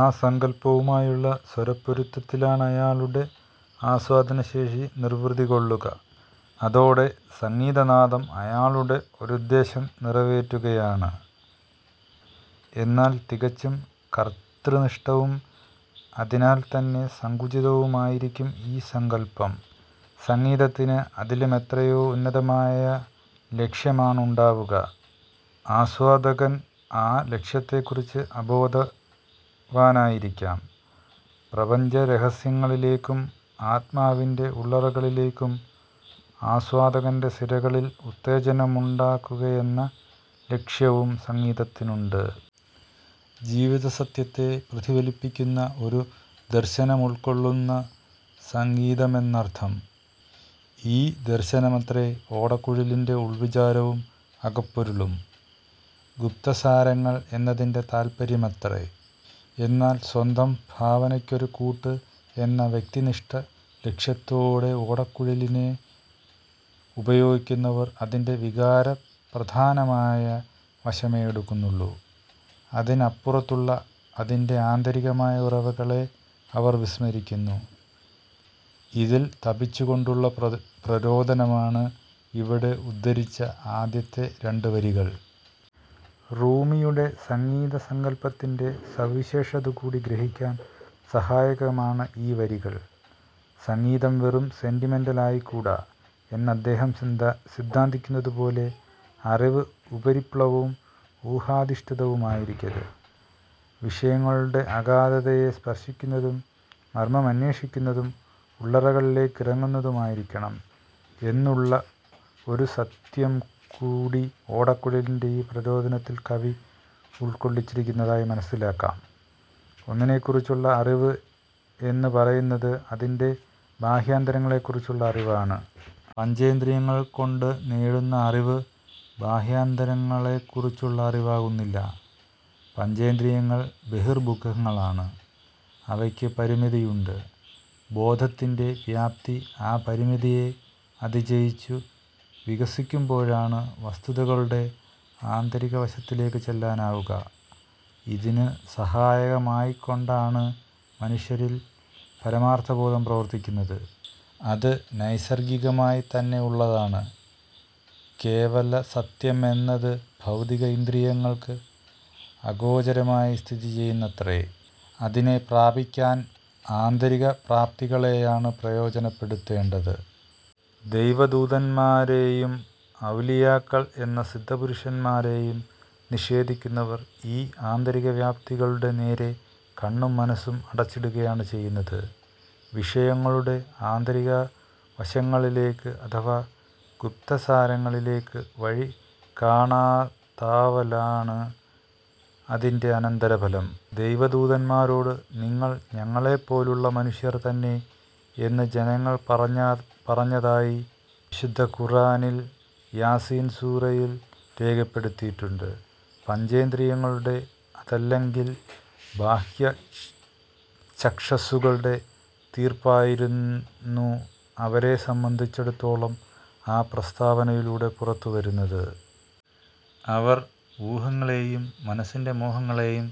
ആ സങ്കല്പവുമായുള്ള സ്വരപ്പൊരുത്തത്തിലാണയാളുടെ ആസ്വാദനശേഷി നിർവൃതികൊള്ളുക. അതോടെ സംഗീതനാദം അയാളുടെ ഒരുദ്ദേശ്യം നിറവേറ്റുകയാണ്. എന്നാൽ തികച്ചും കർത്തൃനിഷ്ഠവും അതിനാൽത്തന്നെ സങ്കുചിതവുമായിരിക്കും ഈ സങ്കല്പം. സംഗീതത്തിന് അതിലുമെത്രയോ ഉന്നതമായ ലക്ഷ്യമാണുണ്ടാവുക. ആസ്വാദകൻ ആ ലക്ഷ്യത്തെക്കുറിച്ച് അബോധവാനായിരിക്കാം. പ്രപഞ്ചരഹസ്യങ്ങളിലേക്കും ആത്മാവിന്റെ ഉള്ളറകളിലേക്കും ആസ്വാദകന്റെ സിരകളിൽ ഉത്തേജനമുണ്ടാക്കുകയെന്ന ലക്ഷ്യവും സംഗീതത്തിനുണ്ട്. ജീവിതസത്യത്തെ പ്രതിഫലിപ്പിക്കുന്ന ഒരു ദർശനമുൾക്കൊള്ളുന്നു സംഗീതമെന്നർഥം. ഈ ദർശനമത്രേ ഓടക്കുഴലിന്റെ ഉൾവിചാരവും അകപ്പൊരുളും. 'ഗുപ്തസാരങ്ങൾ'എന്നതിന്റെ താത്പര്യമതത്രേ. എന്നാൽ സ്വന്തം ഭാവനയ്ക്കൊരു കൂട്ട് എന്ന വ്യക്തിനിഷ്ഠ ലക്ഷ്യത്തോടെ ഓടക്കുഴലിനെ ഉപയോഗിക്കുന്നവർ അതിന്റെ വികാരപ്രധാനമായ വശമേ എടുക്കുന്നുള്ളൂ. അതിനപ്പുറത്തുള്ള അതിന്റെ ആന്തരികമായ ഉറവകളെ അവർ വിസ്മരിക്കുന്നു. ഇതിൽ തപിച്ചുകൊണ്ടുള്ള പ്രരോദനമാണ് ഇവിടെ ഉദ്ധരിച്ച ആദ്യത്തെ രണ്ടുവരികൾ. റൂമിയുടെ സംഗീതസങ്കല്പത്തിന്റെ സവിശേഷതകൂടി ഗ്രഹിക്കാൻ സഹായകമാണ് ഈ വരികൾ; സംഗീതം വെറും 'സെന്റിമെന്റൽ'ആയിക്കൂടാ എന്നദ്ദേഹം സിദ്ധാന്തിക്കുന്നതുപോലെ. അറിവ് ഉപരിപ്ലവപരവും ഊഹാധിഷ്ഠിതവുമായിരിക്കരുത്, വിഷയങ്ങളുടെ അഗാധതയെ സ്പർശിക്കുന്നതും മർമമന്വേഷിക്കുന്നതും ഉള്ളറകളിലേക്കിറങ്ങുന്നതുമായിരിക്കണം എന്നുള്ള ഒരു സത്യംകൂടി ഓടക്കുഴലിന്റെ ഈ പ്രരോദനത്തിൽ കവി ഉൾക്കൊള്ളിച്ചിരിക്കുന്നതായി മനസ്സിലാക്കാം. ഒന്നിനെക്കുറിച്ചുള്ള അറിവ് എന്ന് പറയുന്നത് അതിന്റെ ബാഹ്യാന്തരങ്ങളെക്കുറിച്ചുള്ള അറിവാണ്. പഞ്ചേന്ദ്രിയങ്ങൾകൊണ്ട് നേടുന്ന അറിവ് ബാഹ്യാന്തരങ്ങളെക്കുറിച്ചുള്ള അറിവാകുന്നില്ല. പഞ്ചേന്ദ്രിയങ്ങൾ ബഹിർമുഖങ്ങളാണ്. അവയ്ക്ക് പരിമിതിയുണ്ട്. ബോധത്തിന്റെ വ്യാപ്തി ആ പരിമിതിയെ അതിജയിച്ചു വികസിക്കുമ്പോഴാണ് വസ്തുതകളുടെ ആന്തരികവശത്തിലേക്കു ചെല്ലാനാവുക. ഇതിനു സഹായകമായിക്കൊണ്ടാണ് മനുഷ്യനിൽ പരമാർഥബോധം പ്രവർത്തിക്കുന്നത്. അത് നൈസർഗികമായിത്തന്നെ ഉള്ളതാണ്. കേവലസത്യമെന്നത് ഭൗതിക ഇന്ദ്രിയങ്ങൾക്ക് അഗോചരമായി സ്ഥിതിചെയ്യുന്നതത്രേ. അതിനെ പ്രാപിക്കാൻ ആന്തരികപ്രാപ്തികളെയാണു പ്രയോജനപ്പെടുത്തേണ്ടത്. ദൈവദൂതന്മാരെയും 'ഔലിയാക്കൾ'എന്ന സിദ്ധപുരുഷന്മാരെയും നിഷേധിക്കുന്നവർ ഈ ആന്തരികവ്യാപ്തികളുടെ നേരെ കണ്ണും മനസ്സും അടച്ചിടുകയാണ് ചെയ്യുന്നത്. വിഷയങ്ങളുടെ ആന്തരികവശങ്ങളിലേക്ക് അഥവാ ഗുപ്തസാരങ്ങളിലേക്കു വഴി കാണാതാവലാണ് അതിന്റെ അനന്തരഫലം. ദൈവദൂതന്മാരോട് 'നിങ്ങൾ ഞങ്ങളെപ്പോലുള്ള മനുഷ്യർതന്നെ'എന്ന് ജനങ്ങൾ പറഞ്ഞതായി വിശുദ്ധ ഖുർആനിൽ യാസീൻ സൂറയിൽ രേഖപ്പെടുത്തിയിട്ടുണ്ട്. പഞ്ചേന്ദ്രിയങ്ങളുടെ അതല്ലെങ്കിൽ ബാഹ്യചക്ഷുസ്സുകളുടെ തീർപ്പായിരുന്നു അവരെ സംബന്ധിച്ചിടത്തോളം ആ പ്രസ്താവനയിലൂടെ പുറത്തുവന്നത്. 'അവർ ഊഹങ്ങളെയും മനസ്സിന്റെ മോഹങ്ങളെയും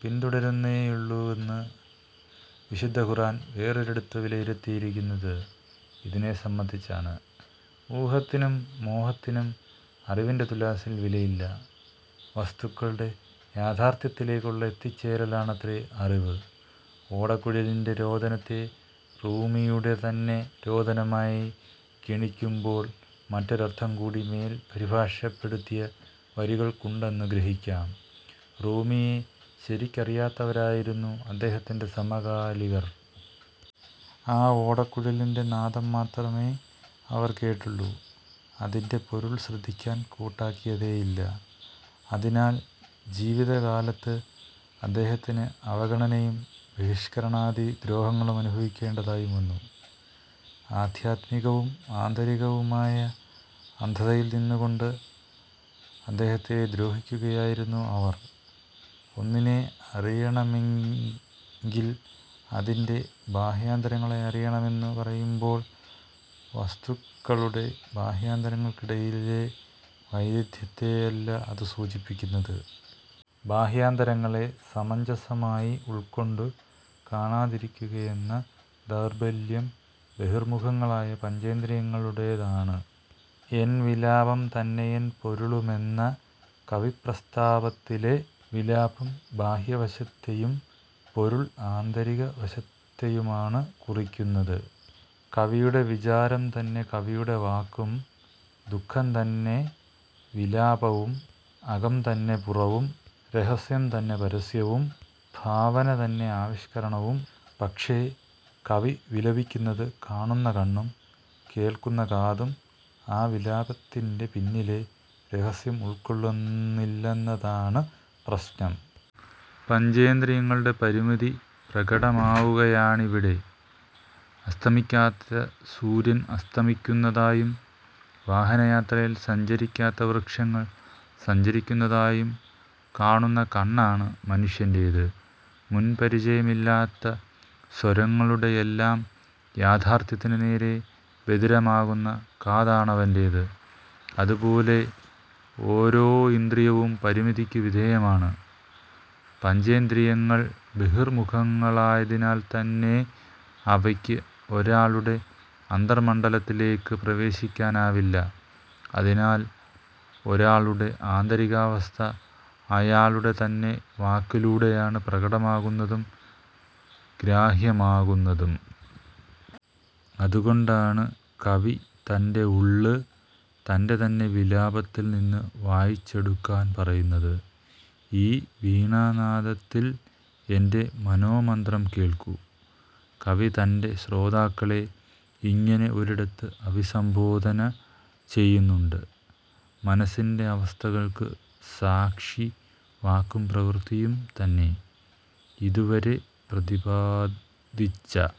പിന്തുടരുന്നേയുള്ളൂ'വെന്ന് വിശുദ്ധ ഖുർആൻ വേറൊരിടത്തു വിലയിരുത്തിയിരിക്കുന്നത് ഇതിനെ സംബന്ധിച്ചാണ്. ഊഹത്തിനും മോഹത്തിനും അറിവിന്റെ തുലാസിൽ വിലയില്ല. വസ്തുക്കളുടെ യാഥാർഥ്യത്തിലേക്കുള്ള എത്തിച്ചേരലാണത്രേ അറിവ്. ഓടക്കുഴലിന്റെ രോദനത്തെ റൂമിയുടെതന്നെ രോദനമായി ഗണിക്കുമ്പോൾ മറ്റൊരർഥംകൂടി മേൽ പരിഭാഷപ്പെടുത്തിയ വരികൾക്കുണ്ടെന്നു ഗ്രഹിക്കാം. റൂമിയെ ശരിക്കറിയാത്തവരായിരുന്നു അദ്ദേഹത്തിന്റെ സമകാലികർ. ആ ഓടക്കുഴലിന്റെ നാദം മാത്രമേ അവർ കേട്ടുള്ളൂ, അതിന്റെ പൊരുൾ ശ്രദ്ധിക്കാൻ കൂട്ടാക്കിയതേയില്ല. അതിനാൽ ജീവിതകാലത്ത് അദ്ദേഹത്തിന് അവഗണനയും ബഹിഷ്കരണാദി ദ്രോഹങ്ങളും അനുഭവിക്കേണ്ടതായും വന്നു. ആധ്യാത്മികവും ആന്തരികവുമായ അന്ധതയിൽനിന്നുകൊണ്ട് അദ്ദേഹത്തെ ദ്രോഹിക്കുകയായിരുന്നു അവർ. ഒന്നിനെ അറിയണമെങ്കിൽ അതിന്റെ ബാഹ്യാന്തരങ്ങളെ അറിയണമെന്നു പറയുമ്പോൾ വസ്തുക്കളുടെ ബാഹ്യാന്തരങ്ങൾക്കിടയിലെ വൈരുധ്യത്തെയല്ല അതു സൂചിപ്പിക്കുന്നത്. ബാഹ്യാന്തരങ്ങളെ സമഞ്ജസമായി ഉൾക്കൊണ്ടു കാണാതിരിക്കുകയെന്ന ദൗർബല്യം ബഹിർമുഖങ്ങളായ പഞ്ചേന്ദ്രിയങ്ങളുടേതാണ്. 'എൻ വിലാപം തന്നെയെൻ പൊരുളു'മെന്ന കവിപ്രസ്താവത്തിലെ 'വിലാപം'ബാഹ്യവശത്തെയും 'പൊരുൾ'ആന്തരികവശത്തെയുമാണ് കുറിക്കുന്നത്. കവിയുടെ വിചാരംതന്നെ കവിയുടെ വാക്കും, ദുഃഖം തന്നെ വിലാപവും, അകം തന്നെ പുറവും, രഹസ്യംതന്നെ പരസ്യവും, ഭാവനതന്നെ ആവിഷ്കരണവും. പക്ഷേ, കവി വിലപിക്കുന്നതു കാണുന്ന കണ്ണും കേൾക്കുന്ന കാതും ആ വിലാപത്തിന്റെ പിന്നിലെ രഹസ്യം ഉൾക്കൊള്ളുന്നില്ലെന്നതാണ് പ്രശ്നം. പഞ്ചേന്ദ്രിയങ്ങളുടെ പരിമിതി പ്രകടമാവുകയാണിവിടെ. അസ്തമിക്കാത്ത സൂര്യൻ അസ്തമിക്കുന്നതായും വാഹനയാത്രയിൽ സഞ്ചരിക്കാത്ത വൃക്ഷങ്ങൾ സഞ്ചരിക്കുന്നതായും കാണുന്ന കണ്ണാണ് മനുഷ്യന്റെത്. മുൻ പരിചയമില്ലാത്ത സ്വരങ്ങളുടെയെല്ലാം യാഥാർഥ്യത്തിനുനേരേ ബധിരമാകുന്ന കാതാണവന്റെത്. അതുപോലെ ഓരോ ഇന്ദ്രിയവും പരിമിതിക്കു വിധേയമാണ്. പഞ്ചേന്ദ്രിയങ്ങൾ ബഹിർമുഖങ്ങളായതിനാൽത്തന്നെ അവയ്ക്ക് ഒരാളുടെ അന്തർമണ്ഡലത്തിലേക്ക് പ്രവേശിക്കാനാവില്ല. അതിനാൽ ഒരാളുടെ ആന്തരികാവസ്ഥ അയാളുടെ തന്നെ വാക്കിലൂടെയാണ് പ്രകടമാകുന്നതും ഗ്രാഹ്യമാകുന്നതും. അതുകൊണ്ടാണ് കവി തന്റെ ഉള്ള് തന്റെ തന്നെ വിലാപത്തിൽനിന്ന് വായിച്ചെടുക്കാൻ പറയുന്നത്. 'ഈ വീണാനാദത്തിൽ എന്റെ മനോമന്ത്രം കേൾക്കൂ,'കവി തന്റെ ശ്രോതാക്കളെ ഇങ്ങനെ ഒരിടത്ത് അഭിസംബോധന ചെയ്യുന്നുണ്ട്. മനസ്സിന്റെ അവസ്ഥകൾക്കു സാക്ഷി വാക്കും പ്രവൃത്തിയും തന്നെ. ഇതുവരെ പ്രതിപാദിച്ച